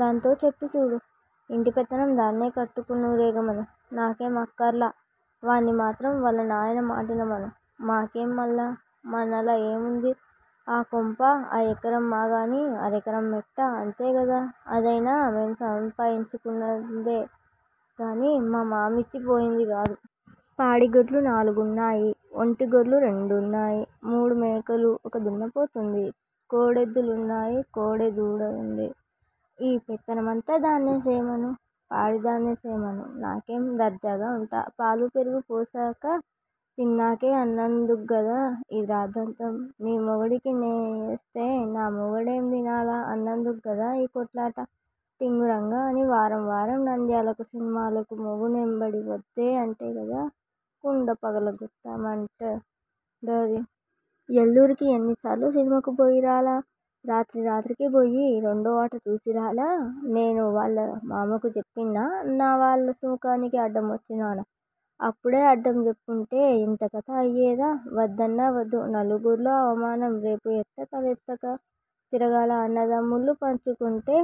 దాంతో చెప్పి సూడు. ఇంటి పెత్తనం దాన్నే కట్టుకునూరేగమను! నాకేం అక్కర్లా వాడ్ని మాత్రం వాళ్ళ నాయన మాటినమను! మాకేం మల్లా? మాన్నాలా ఏ వుంది! ఈ కొంప ఆ ఎకరం మాగాని అరెకరం మెట్ట అంతే గదా అదయినా మేం సంపాయిచ్చుకుందే గానీ మా మావిచ్చి పోయింది గాదు! పాడి గొడ్లు నాలుగున్నాయి. ఒట్టి గొడ్లు రెండున్నాయి! మూడు మేకలు. ఒక దున్నపోతు వుంది. కాడెద్దులున్నాయి కోడెదూడుంది! ఈ పెత్తనం మంతా దాన్నే సేయ్యమను పాడి దాన్నే సేయ్యమను. నాకేం దర్జాగా వుంటా. పాలు పెరుగు పోసక తినకే అన్నందుగ్గదా యీ రాద్దాంతం! నీ మొగునికి నెయ్యేస్తే నా మొగుడేం దినాల అన్నదుగ్గాదా యీ కొట్లాట టింగురంగ అని వారం వారం నంద్యాలకు సినిమాలకు మొగ నెంబడి వద్దే అంటే గదా కుండ పగలగొట్ట మంటండది! యాల్లూరికి ఎన్ని సార్లు సినిమాకు బొయ్యిరాలా రాత్రి రాత్రికి పోయి రెండో అట జూసిరాలా? నేను వాల్ల మామకు జెప్పినా నావాల్ల సుకానికి అడమోచ్చినానా? అప్పుడే అడ్డం జెప్పింటే యింత కత అయ్యేదా? వద్దన్నా వద్దు నలుగుర్లో అవమానం రేపు ఎట్టా తలెత్తక తిరగాలా అన్నదమ్ములు పంచుకుంటే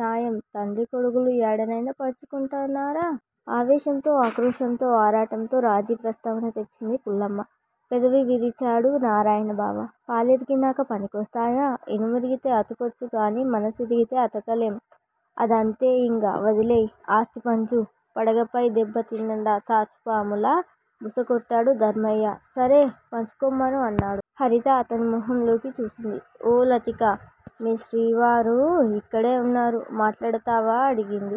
నయం తండ్రి కొడుకులు యాడనైనా పంచుకున్నారా? ఆవేశంతో, ఆక్రోశంతో, ఆరాటంతో రాజీ ప్రస్తావన తెచ్చింది పుల్లమ్మ. పెదవి విరిచాడు నారాయణ 'బావా! పాలిరిగినక పనికోస్తయ్యా! ఇనుమిరిగితే అతకొచ్చు. కానీ మనసిరిగితే అతకలెం! అదంతే! యింగ వదిలేయ్! ఆస్థి పంచు. పడగపై దెబ్బ తిన్న తాచుపాములా బుస కొట్టాడు ధర్మయ్య. సరే పంచుకోమను! అన్నాడు. హర్షిత అతని మొహంలోకి చూసింది? ఓ లతికా! మీ శ్రీవారు ఇక్కడే వున్నారు. మాట్లాడతావా? అడిగింది.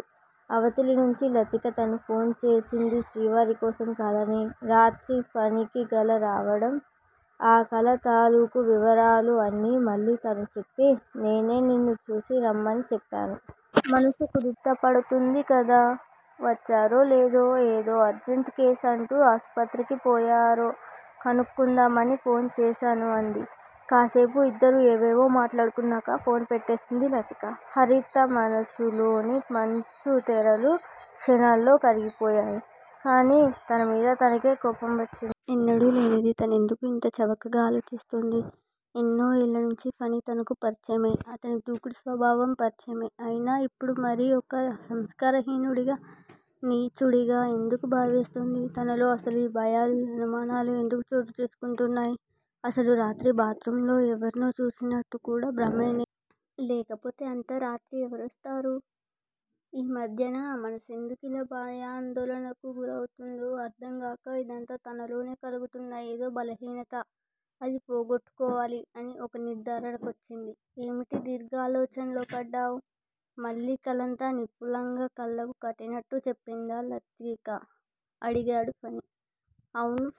అవతలినుంచి లతిక తను ఫోన్ చేసింది శ్రీవారి కోసం కాదనీ, రాత్రి ఫణికి కల రావడం, ఆ కల తాలూకు వివరాలూ అన్నీ మళ్ళీ తనూ చెప్పి, నేనే నిన్ను చూసి రమ్మని చెప్పాను. మనసు కుదుట పడుతుంది కదా! వచ్చారో లేదో ఏదో అర్జంటు కేసు అంటూ ఆసుపత్రికెళ్ళిపోయారో కనుక్కుందామని ఫోన్ చేశాను అంది. కాసేపు ఇద్దరూ ఏవేవో మాట్లాడుకున్నాక ఫోన్ పెట్టేసింది లతిక. హర్షిత మనసులోని మంచుతెరలు క్షణంలో కరిగిపోయాయి. కానీ తన మీద తనకే కోపం వచ్చింది. ఎన్నడూ లేనిది తనెందుకు ఇంత చవకగా ఆలోచిస్తోంది? ఎన్నో ఏళ్ళనుంచి ఫణి తనకు పరిచయమే. అతని దుడుకు స్వభావం పరిచయమే! అయినా ఇప్పుడు మరీ ఒక సంస్కారహీనుడిగా, నీచుడిగా ఎందుకు భావిస్తోంది? తనలో అసలు ఈ భయాలూ, ఈ అనుమానాలూ ఎందుకు చోటుచేసుకుంటున్నాయ్? అసలు రాత్రి బాత్ రూంలో ఎవరినో చూసినట్టు కూడా భ్రమేనేమో? లేకపోతే అంత రాత్రి ఎవరొస్తారు? ఈ మధ్యన మనసెందుకిలా భయాందోళనలకు గురవుతూందో అర్ధంగాక అదంతా తనలోనే కలుగుతూన్న ఏదో బలహీనత, అది పోగొట్టుకోవాలి అని ఒక నిర్ధారణకొచ్చింది. ఏమిటి దీర్ఘాలోచనలో పడ్డావ్? మళ్ళీ కలంతా విపులంగా కళ్ళకు కట్టినట్టుగా చెప్పిందా లతిక? అడిగాడు ఫణి. అవును ఫణీ!